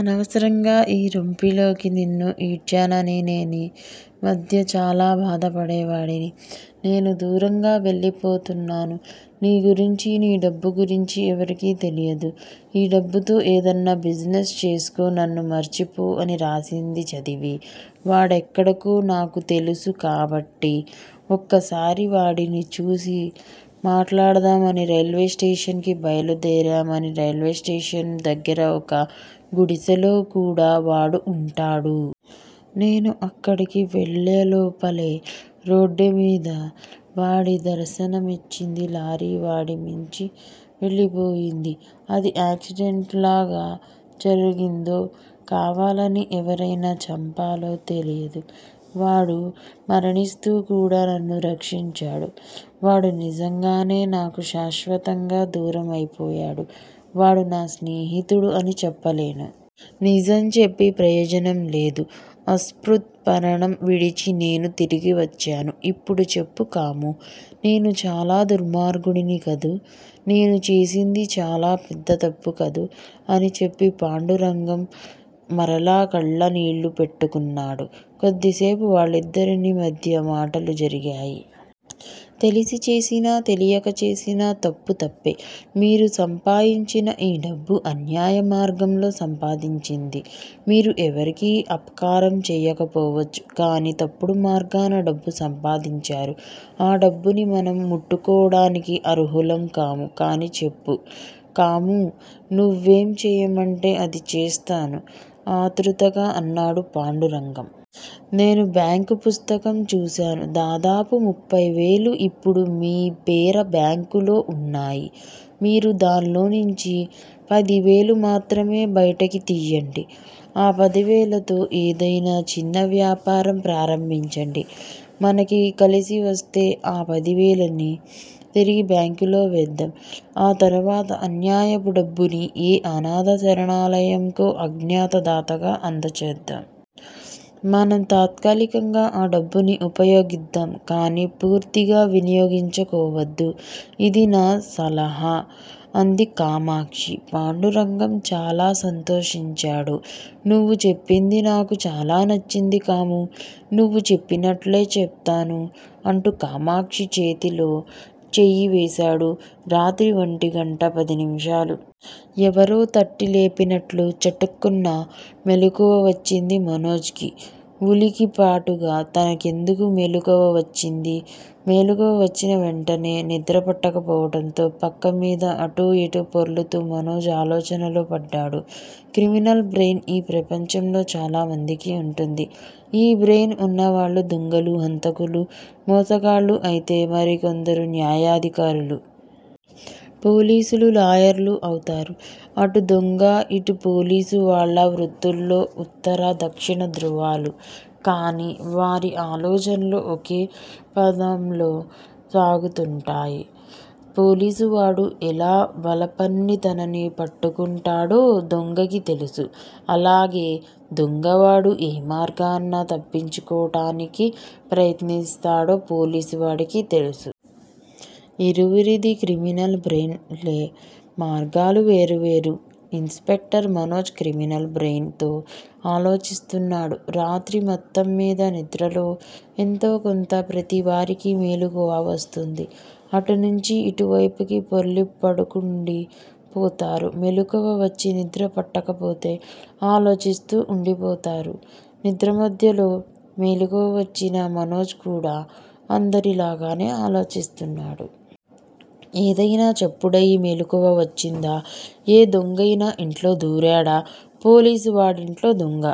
అనవసరంగా ఈ రొంపిలోకి నిన్ను ఈడ్చానని నేనీమధ్య చాలా బాధపడేవాడిని. నేను దూరంగా వెళ్లిపోతున్నాను. నీగురించీ, నీ డబ్బు గురించీ ఎవరికీ తెలియదు. ఈ డబ్బుతో ఏదన్నా బిజినెస్ చేసుకో! నన్ను మర్చిపో! అని రాసింది చదివి, వాడు ఎక్కడికో నాకు తెలుసు కాబట్టి, ఒక్కసారి వాడిని చూసి మాట్లాడదామని, రైల్వేస్టేషన్ కి బయలు దేరామని, రైల్వేస్టేషన్ దగ్గర ఒక గుడిసెలో కూడా వాడు వుంటాడు. నేను అక్కడికి వెళ్ళేలోపలే, రోడ్డు మీద వాడి దర్శనమిచ్చింది లారీ వాడిమీంచి వెళ్ళిపోయింది. అది యాక్సిడెంటల్ గా జరిగిందో, కావాలని ఎవరయినా చంపాలో తెలియదు. వాడు మరణిస్తూ కూడా నన్ను రక్షించాడు. వాడు నిజంగానే నాకు శాశ్వతంగా దూరం అయిపోయాడు. వాడు నా స్నేహితుడు అని చెప్పలేను. నిజం చెప్పీ ప్రయోజనం లేదు. అశ్రుతర్పణం విడిచి నేను తిరిగి వచ్చాను. ఇప్పుడు చెప్పు కామూ! నేను చాలా దుర్మార్గుడిని కదూ! నేను చేసింది చాలా పెద్ద తప్పు కదూ! అని చెప్పి పాండురంగం మరలా కళ్ళ నీళ్ళు పెట్టుకున్నాడు. కొద్దిసేపు వాళ్లిద్దరి మధ్యా మాటలు జరిగాయి. తెలిసి చేసినా తెలియక చేసినా తప్పు తప్పే. మీరు సంపాయించిన ఈ డబ్బు, అన్యాయం మార్గంలో సంపాదించింది. మీరు ఎవరికీ అపకారం చెయ్యకపోవచ్చు. కానీ, తప్పుడు మార్గాన డబ్బు సంపాదించారు. ఆ డబ్బుని మనం ముట్టుకోడానికి అర్హులం కాముకానీ చెప్పు! కామూ! నువ్వేం చేయమంటే అది చేస్తాను ఆత్రుతగా అన్నాడు పాండురంగం. నేను బ్యాంక్ పుస్తకం చూశాను. దాదాపు ముప్పైవేలు ఇప్పుడు మీ పేర బ్యాంకులో వున్నాయి. మీరు దానిలోనుంచి పదివేలు మాత్రమే బయటికి తియ్యండి. ఆ పదివేలతో ఏదయినా చిన్న వ్యాపారం ప్రారంభించండి. మనకి కలిసివస్తే, ఆ పదివేలని తిరిగి బ్యాంకులో వేద్దాం. ఆ తరువాత అన్యాయపు డబ్బుని ఏ అనాధ శరణాలయంకో అజ్ఞాత దాతగా అందచేద్దాం. మనం తాత్కాలికంగా ఆ డబ్బుని ఉపయోగిద్దాం కానీ, పూర్తిగా వినియోగించుకోవద్దు. ఇది నా సలహా! అంది కామాక్షి. పాండురంగం చాలా సంతోషించాడు. నువ్వు చెప్పింది నాకు చాలా నచ్చింది కామూ! నువ్వు చెప్పినట్లే చెప్తాను అంటూ కామాక్షి చేతిలో చెయ్యి వేశాడు. రాత్రి ఒంటిగంటా పది నిమిషాలు. ఎవరో తట్టి లేపినట్లు చటుక్కున మెలకువ వచ్చింది మనోజ్ కి. వులికిపాటుగా తనకెందుకు మెలుకువ వచ్చింది? మెలకువ వచ్చినా వెంటనే నిద్రపట్టకపోవటంతో పక్క మీద అటూ యిటూ పొర్లుతూ మనోజు ఆలోచనలో పడ్డాడు. క్రిమినల్ బ్రెయిన్ ఈ ప్రపంచంలో చాలామందికి వుంటుంది. ఈ బ్రెయిన్ వున్న వాళ్ళు దొంగలూ, హంతకులూ, మోసగాళ్ళూ అయితే, మరికొందరు న్యాయాధికారులు! పోలీసులూ, లాయర్లూ అవుతారు. అటుదొంగ, ఇటు పోలీసు వాళ్ళ వృత్తులో ఉత్తర, దక్షిణ ధృవాలు. కానీ, వారి ఆలోచనలు ఒకే పదంలో సాగుతూంటాయి. పోలీసువాడు ఎలా వలపన్ని తనని పట్టుకుంటాడో దొంగకి తెలుసు. అలాగే దొంగవాడు ఏ మార్గాన తప్పించుకోటానికి ప్రయత్నిస్తాడో పోలీసు వాడికి తెలుసు. ఇరువురిది క్రిమినల్ బ్రెయిన్ లే మార్గాలు వేరు వేరు. Inspector Manoj criminal brain తో ఆలోచిస్తున్నాడు. రాత్రి మొత్తంమీద నిద్రలో ఎంతోకొంత ప్రతివారికి మెలుకువ వస్తుంది. అటునుంచి ఇటువేపుకి పొర్లిపడుకుండి పోతారు. మెలుకువ వచ్చి నిద్ర పట్టకపోతే ఆలోచిస్తూ వుండిపోతారు. నిద్ర మధ్యలో మెలకువ వచ్చిన మనోజ్ కూడ అందరి లాగానే ఆలోచిస్తున్నాడు. ఏదయినా చప్పుడయి మెలుకువ వచ్చిందా? ఏ దొంగైయినా ఇంట్లో దూరాడా? పోలీసు వాడింట్లో దొంగ!